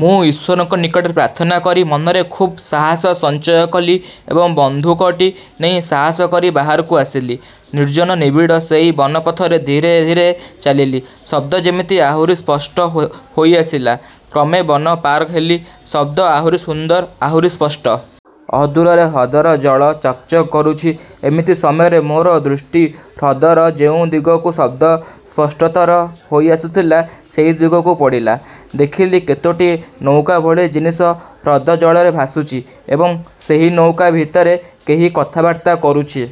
ମୁଁ ଈଶ୍ୱରଙ୍କ ନିକଟରେ ପ୍ରାର୍ଥନା କରି ମନରେ ଖୁବ୍ ସାହସ ସଞ୍ଚୟ କଲି ଏବଂ ବନ୍ଧୁକଟି ନେଇ ସାହସ କରି ବାହାରକୁ ଆସିଲି। ନିର୍ଜନ ନିବିଡ଼ ସେଇ ବନ ପଥରେ ଧୀରେ ଧୀରେ ଚାଲିଲି। ଶବ୍ଦ ଯେମିତି ଆହୁରି ସ୍ପଷ୍ଟ ହୋଇଆସିଲା। କ୍ରମେ ବନ ପାର ହେଲି, ଶବ୍ଦ ଆହୁରି ସୁନ୍ଦର, ଆହୁରି ସ୍ପଷ୍ଟ। ଅଦୂରରେ ହ୍ରଦର ଜଳ ଚକ୍ଚକ୍ କରୁଛି। ଏମିତି ସମୟରେ ମୋର ଦୃଷ୍ଟି ହ୍ରଦର ଯେଉଁ ଦିଗରୁ ଶବ୍ଦ ସ୍ପଷ୍ଟତର ହୋଇ ଆସୁଥିଲା, ସେଇ ଦିଗକୁ ପଡ଼ିଲା। ଦେଖିଲି କେତୋଟି ନୌକାଭଳି ଜିନିଷ ହ୍ରଦ ଜଳରେ ଭାସୁଛି ଏବଂ ସେହି ନୌକା ଭିତରେ କେହି କଥାବାର୍ତ୍ତା କରୁଛି।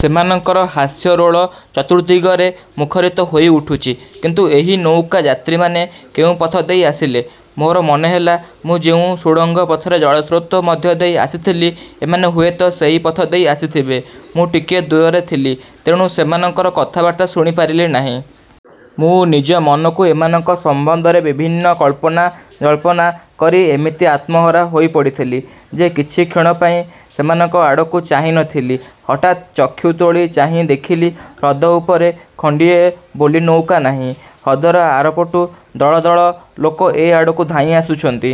ସେମାନଙ୍କର ହାସ୍ୟରୋଳ ଚତୁର୍ଦ୍ଦିଗରେ ମୁଖରିତ ହୋଇ ଉଠୁଛି। କିନ୍ତୁ ଏହି ନୌକା-ଯାତ୍ରୀମାନେ କେଉଁ ପଥ ଦେଇ ଆସିଲେ? ମୋର ମନେହେଲା, ମୁଁ ଯେଉଁ ସୁଡ଼ଙ୍ଗ ପଥରେ ଜଳସ୍ରୋତ ମଧ୍ୟ ଦେଇ ଆସିଥିଲି, ଏମାନେ ହୁଏତ ସେହି ପଥ ଦେଇ ଆସିଥିବେ। ମୁଁ ଟିକିଏ ଦୂରରେ ଥିଲି, ତେଣୁ ସେମାନଙ୍କର କଥାବାର୍ତ୍ତା ଶୁଣିପାରିଲି ନାହିଁ। ମୁଁ ନିଜ ମନକୁ ଏମାନଙ୍କ ସମ୍ବନ୍ଧରେ ବିଭିନ୍ନ କଳ୍ପନା ଜଳ୍ପନା କରି ଏମିତି ଆତ୍ମହରା ହୋଇପଡ଼ିଥିଲି ଯେ କିଛି କ୍ଷଣପାଇଁ ସେମାନଙ୍କ ଆଡ଼କୁ ଚାହିଁ ନ ଥିଲି। ହଠାତ୍ ଚକ୍ଷୁ ତୋଳି ଚାହିଁ ଦେଖିଲି ହ୍ରଦ ଉପରେ ଖଣ୍ଡିଏ ବୋଲି ନୌକା ନାହିଁ। ହ୍ରଦର ଆରପଟୁ ଦଳ ଦଳ ଲୋକ ଏ ଆଡ଼କୁ ଧାଇଁ ଆସୁଛନ୍ତି।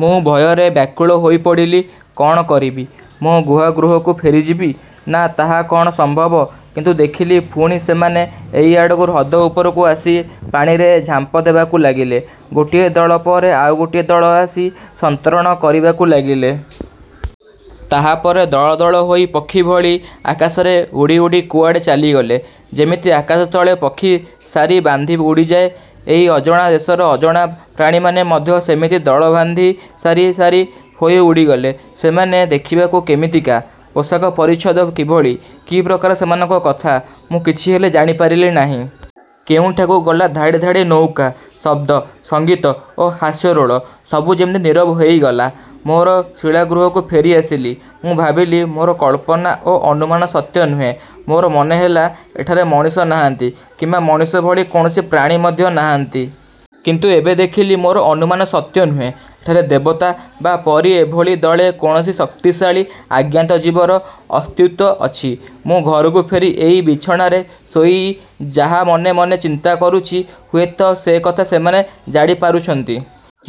ମୁଁ ଭୟରେ ବ୍ୟାକୁଳ ହୋଇପଡ଼ିଲି। କ'ଣ କରିବି? ମୋ ଗୁହା-ଗୃହକୁ ଫେରିଯିବି? ନା, ତାହା କ'ଣ ସମ୍ଭବ? କିନ୍ତୁ ଦେଖିଲି, ପୁଣି ସେମାନେ ଏହି ଆଡ଼କୁ ହ୍ରଦ ଉପରକୁ ଆସି ପାଣିରେ ଝାମ୍ପ ଦେବାକୁ ଲାଗିଲେ। ଗୋଟିଏ ଦଳ ପରେ ଆଉ ଗୋଟିଏ ଦଳ ଆସି ସନ୍ତରଣ କରିବାକୁ ଲାଗିଲେ। ତାହାପରେ ଦଳ ଦଳ ହୋଇ ପକ୍ଷୀ ଭଳି ଆକାଶରେ ଉଡ଼ି ଉଡ଼ି କୁଆଡ଼େ ଚାଲିଗଲେ। ଯେମିତି ଆକାଶ ତଳେ ପକ୍ଷୀ ସାରି ବାନ୍ଧି ଉଡ଼ିଯାଏ, ଏଇ ଅଜଣା ଦେଶର ଅଜଣା ପ୍ରାଣୀମାନେ ମଧ୍ୟ ସେମିତି ଦଳ ବାନ୍ଧି ସାରି ସାରି ହୋଇ ଉଡ଼ିଗଲେ। ସେମାନେ ଦେଖିବାକୁ କେମିତିକା, ପୋଷାକ ପରିଚ୍ଛଦ କିଭଳି, କି ପ୍ରକାର ସେମାନଙ୍କ କଥା, ମୁଁ କିଛିହେଲେ ଜାଣିପାରିଲି ନାହିଁ। କେଉଁଠାକୁ ଗଲା ଧାଡ଼ି ଧାଡ଼ି ନୌକା, ଶବ୍ଦ, ସଙ୍ଗୀତ ଓ ହାସ୍ୟରୋଳ, ସବୁ ଯେମିତି ନୀରବ ହୋଇଗଲା। ମୋର ଶିଳା ଗୃହକୁ ଫେରିଆସିଲି। ମୁଁ ଭାବିଲି, ମୋର କଳ୍ପନା ଓ ଅନୁମାନ ସତ୍ୟ ନୁହେଁ। ମୋର ମନେହେଲା ଏଠାରେ ମଣିଷ ନାହାନ୍ତି କିମ୍ବା ମଣିଷଭଳି କୌଣସି ପ୍ରାଣୀ ମଧ୍ୟ ନାହାନ୍ତି। କିନ୍ତୁ ଏବେ ଦେଖିଲି, ମୋର ଅନୁମାନ ସତ୍ୟ ନୁହେଁ। ଏଠାରେ ଦେବତା ବା ପରୀ ଏଭଳି ଦଳେ କୌଣସି ଶକ୍ତିଶାଳୀ ଅଜ୍ଞାତ ଜୀବର ଅସ୍ତିତ୍ୱ ଅଛି। ମୁଁ ଘରକୁ ଫେରି ଏଇ ବିଛଣାରେ ଶୋଇ ଯାହା ମନେ ମନେ ଚିନ୍ତା କରୁଛି, ହୁଏତ ସେକଥା ସେମାନେ ଜାଣିପାରୁଛନ୍ତି।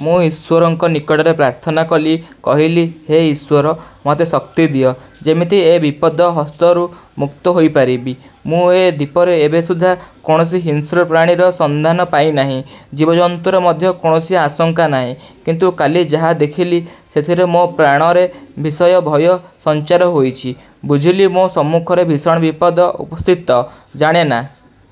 ମୁଁ ଈଶ୍ୱରଙ୍କ ନିକଟରେ ପ୍ରାର୍ଥନା କଲି, କହିଲି-ହେ ଈଶ୍ୱର! ମୋତେ ଶକ୍ତି ଦିଅ ଯେମିତି ଏ ବିପଦ ହସ୍ତରୁ ମୁକ୍ତ ହୋଇପାରିବି। ମୁଁ ଏ ଦ୍ୱୀପରେ ଏବେ ସୁଦ୍ଧା କୌଣସି ହିଂସ୍ର ପ୍ରାଣୀର ସନ୍ଧାନ ପାଇନାହିଁ, ଜୀବଜନ୍ତୁର ମଧ୍ୟ କୌଣସି ଆଶଙ୍କା ନାହିଁ। କିନ୍ତୁ କାଲି ଯାହା ଦେଖିଲି, ସେଥିରେ ମୋ ପ୍ରାଣରେ ଭୀଷଣ ଭୟ ସଞ୍ଚାର ହୋଇଛି। ବୁଝିଲି ମୋ ସମ୍ମୁଖରେ ଭୀଷଣ ବିପଦ ଉପସ୍ଥିତ। ଜାଣେନା,